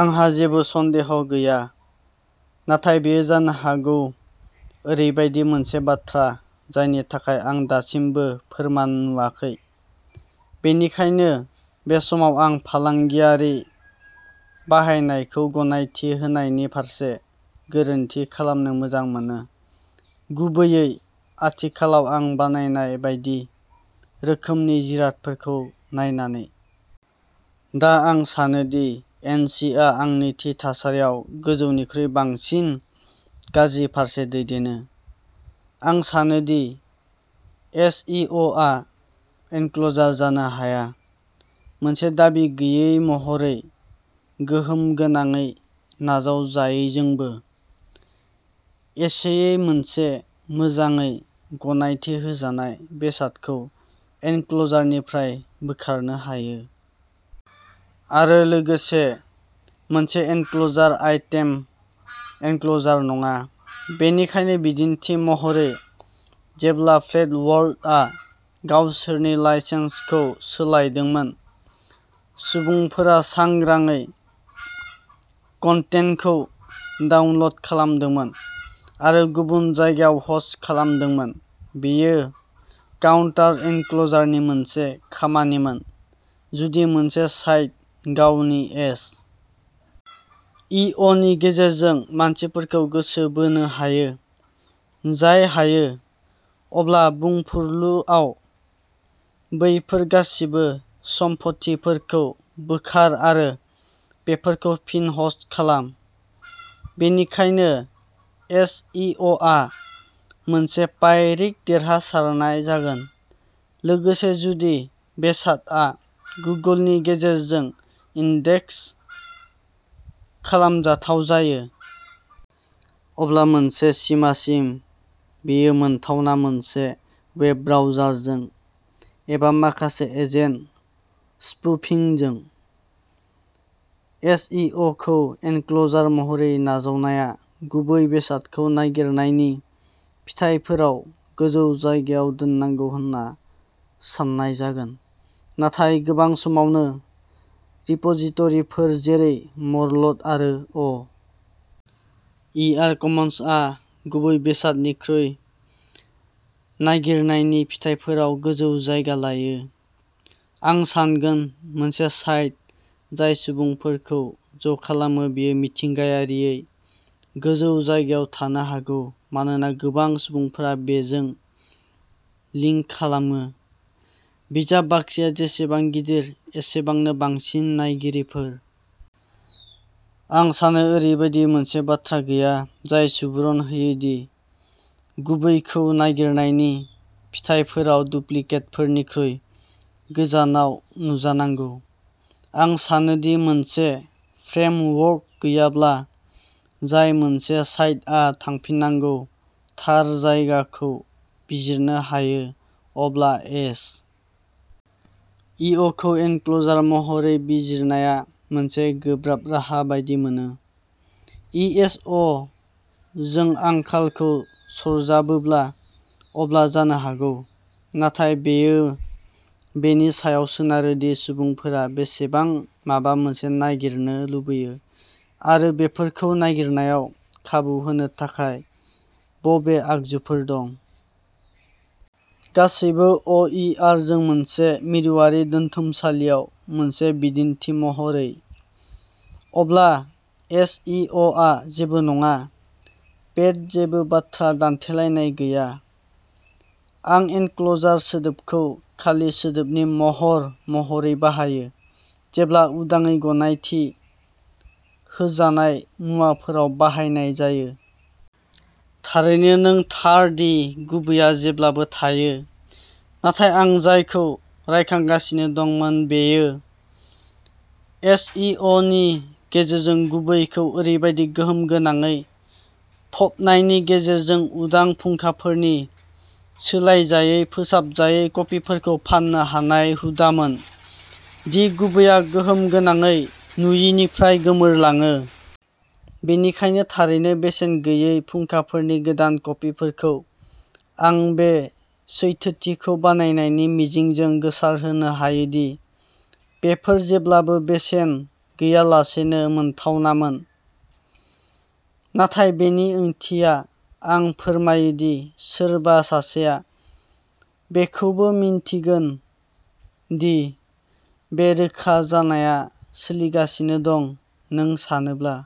आंहा जेबो सन्देह गैया। नाथाय बेयो जानो हागौ ओरैबायदि मोनसे बाथ्रा जायनि थाखाय आं दासिमबो फोरमान नुवाखै। बेनिखायनो बे समाव आं फालांगियारि बाहायनायखौ गनायथि होनायनि फारसे गोरोन्थि खालामनो मोजां मोनो। गुबैयै आथिखालाव आं बानायनाय बायदि रोखोमनि जिरादफोरखौ नायनानै। दा आं सानो दि एनसिआ आंनि थि थासारियाव गोजौनिख्रुइ बांसिन गाज्रि फारसे दैदेनो। आं सानो दि एस. इ. अ. आ एनक्ल'जार जानो हाया। मोनसे दाबि गैयै महरै गोहोम गोनाङै नाजावजायिजोंबो। एसेयै मोनसे मोजाङै गनायथि होजानाय बेसादखौ एनक्ल'जारनिफ्राय बोखारनो हायो। आरो लोगोसे मोनसे एनक्ल'जार आइटेम, एनक्ल'जार नङा। बेनिखायनो बिदिन्थि महरै। जेब्ला फ्लेट वर्डआ गावसोरनि लाइसेन्सखौ सोलायदोंमोन सुबुंफोरा सांग्रांयै कन्टेन्टखौ डाउनल'ड खालामदोंमोन आरो गुबुन जायगायाव ह'स्ट खालामदोंमोन। बेयो काउन्टार एनक्ल'जारनि मोनसे खामानिमोन। जुदि मोनसे साइट गावनि एस. इ. अ. नि गेजेरजों मानसिफोरखौ गोसो बोनो हायो। जाय हायो। अब्ला बुंफुरलुआव बैफोर गासिबो सम्फथिफोरखौ बोखार आरो बेफोरखौ फिन ह'स्ट खालाम। बेनिखायनो एस. इ. अ. आ मोनसे पाइरिक देरहासारनाय जागोन। लोगोसे जुदि बेसादआ गुगोलनि गेजेरजों इन्डेक्स खालामजाथाव जायो। अब्ला मोनसे सिमासिम बेयो मोनथावना-मोनसे वेब ब्राउजारजों एबा माखासे एजेन्ट स्पुफिंजों। एस. इ. अ. खौ एनक्ल'जार महरै नाजावनाया गुबै बेसादखौ नागिरनायनि फिथायफोराव गोजौ जायगायाव दोननांगौ होन्ना सान्नाय जागोन। नाथाय गोबां समावनो रिप'जिट'रिफोर जेरै मरलट आरो अ. इ. आर. कमन्सआ गुबै बेसादनिख्रुइ नागिरनायनि फिथायफोराव गोजौ जायगा लायो? आं सानगोन मोनसे साइट जाय सुबुंफोरखौ ज'खालामो बेयो मिथिंगायारियै गोजौ जायगायाव थानो हागौ मानोना गोबां सुबुंफोरा बेजों लिंक खालामो। बिजाब बाख्रिया जेसेबां गिदिर एसेबांनो बांसिन नायगिरिफोर। आं सानो दि ओरैबायदि मोनसे बाथ्रा गैया जाय सुबुरुन होयो दि गुबैखौ नागिरनायनि फिथायफोराव डुप्लिकेटफोरनिख्रुइ गोजानाव नुजानांगौ। आं सानो दि मोनसे फ्रेमवर्क गैयाब्ला जाय मोनसे साइटआ थांफिननांगौ थार जायगाखौ बिजिरनो हायो अब्ला एस. इअ. खौ एनक्ल'जार महरै बिजिरनाया मोनसे गोब्राब राहा बायदि मोनो। इ.एस.अ. जों आंखालखौ सरजाबोब्ला अब्ला जानो हागौ। नाथाय बेयो बेनि सायाव सोनारो दि सुबुंफोरा बेसेबां माबा मोनसे नागिरनो लुबैयो आरो बेफोरखौ नागिरनायाव खाबु होनो थाखाय बबे आगजुफोर दं। गासैबो अ. इ. आर. जों मोनसे मिरुआरि दोनथुमसालियाव मोनसे बिदिन्थि महरै। अब्ला एस. इ. अ. आ जेबो नङा। पेट जेबो बाथ्रा दानथेलायनाय गैया। आं एनक्ल'सार सोदोबखौ खालि सोदोबनि महर महरै बाहायो जेब्ला उदाङै गनायथि होजानाय मुवाफोराव बाहायनाय जायो। थारैनो नों थार दि गुबैआ जेब्लाबो थायो। नाथाय आं जायखौ रायखांगासिनो दंमोन बेयो एस. इ. अ. नि गेजेरजों गुबैखौ ओरैबायदि गोहोम गोनाङै फबनायनि गेजेरजों उदां फुंखाफोरनि सोलायजायै फोसाबजायै कपिफोरखौ फान्नो हानाय हुदामोन दि गुबैआ गोहोम गोनाङै नुयिनिफ्राय गोमोरलाङो। बेनिखायनो थारैनो बेसेन गैयै फुंखाफोरनि गोदान कपिफोरखौ आं बे सैथोथिखौ बानायनायनि मिजिंजों गोसारहोनो हायो दि बेफोर जेब्लाबो बेसेन गैयालासेनो मोनथावनामोन। नाथाय बेनि ओंथिया आं फोरमायो दि सोरबा सासेआ बेखौबो मिन्थिगोन दि बे रोखा जानाया सोलिगासिनो दं। नों सानोब्ला।